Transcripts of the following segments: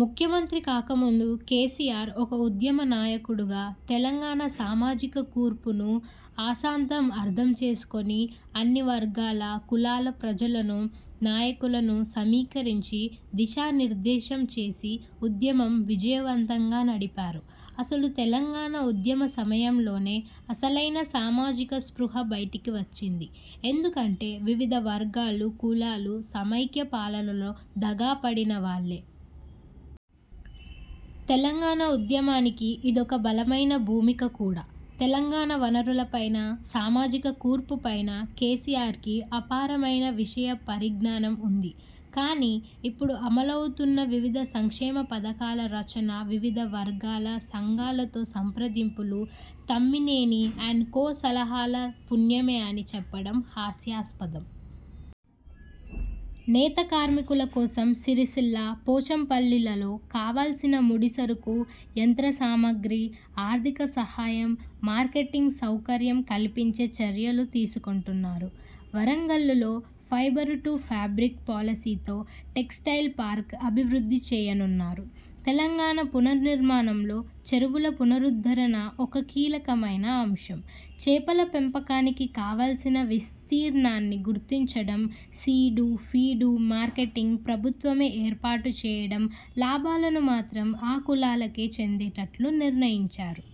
ముఖ్యమంత్రి కాకముందు కేసీఆర్ ఒక ఉద్యమ నాయకుడుగా తెలంగాణ సామాజిక కూర్పును ఆసాంతం అర్థం చేసుకొని అన్నివర్గాల, కులాల ప్రజలను, నాయకులను సమీకరించి దిశా నిర్దేశం చేసి ఉద్యమం విజయవంతంగా నడిపారు. అసలు తెలంగాణ ఉద్యమ సమయంలోనే అసలైన సామాజిక స్పృహ బయటికి వచ్చింది. ఎందుకంటే వివిధ వర్గాలు, కులాలు సమైక్య పాలనలో దగాపడిన వాల్లే. తెలంగాణ ఉద్యమానికి ఇదొక బలమైన భూమిక కూడా. తెలంగాణ వనరుల పైన, సామాజిక కూర్పు పైన కేసీఆర్కి అపారమైన విషయ పరిజ్ఞానం ఉంది. కానీ, ఇప్పుడు అమలవుతున్న వివిధ సంక్షేమ పథకాల రచన, వివిధ వర్గాల, సంఘాలతో సంప్రదింపులు తమ్మినేని & కో సలహాల పుణ్యమే అని చెప్పడం హాస్యాస్పదం. నేత కార్మికుల కోసం సిరిసిల్ల, పోచంపల్లిలలో కావాల్సిన ముడిసరుకు, యంత్ర సామగ్రి, ఆర్థిక సహాయం, మార్కెటింగ్ సౌకర్యం కల్పించే చర్యలు తీసుకుంటున్నారు. వరంగల్లులో 'ఫైబరు టూ ఫాబ్రిక్' పాలసీతో టెక్స్టైల్ పార్క్ అభివృద్ధి చేయనున్నారు. తెలంగాణ పునర్నిర్మాణంలో చెరువుల పునరుద్ధరణ ఒక కీలకమైన అంశం. చేపల పెంపకానికి కావాల్సిన విస్తీర్ణాన్ని గుర్తించడం, సీడు, ఫీడు, మార్కెటింగ్ ప్రభుత్వమే ఏర్పాటుచేయడం, లాభాలను మాత్రం ఆ కులాలకే చెందేటట్లు నిర్ణయించారు.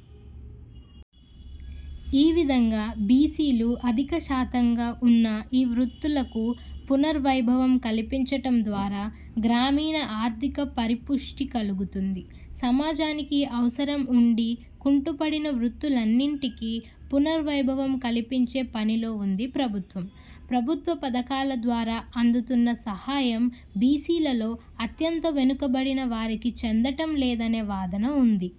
ఈ విధంగా బీసీలు అధిక శాతంగా వున్న ఈ వృత్తులకు పునర్వైభవం కల్పించటం ద్వారా గ్రామీణ ఆర్థిక పరిపుష్టి కలుగుతుంది. సమాజానికి అవసరం ఉండి కుంటుపడిన వృత్తులన్నింటికీ పునర్ వైభవం కల్పించే పనిలో వుంది ప్రభుత్వం. ప్రభుత్వ పథకాల ద్వారా అందుతున్న సహాయం బీసీలలో అత్యంత వెనుకబడిన వారికి చెందటం లేదనే వాదన ఉంది.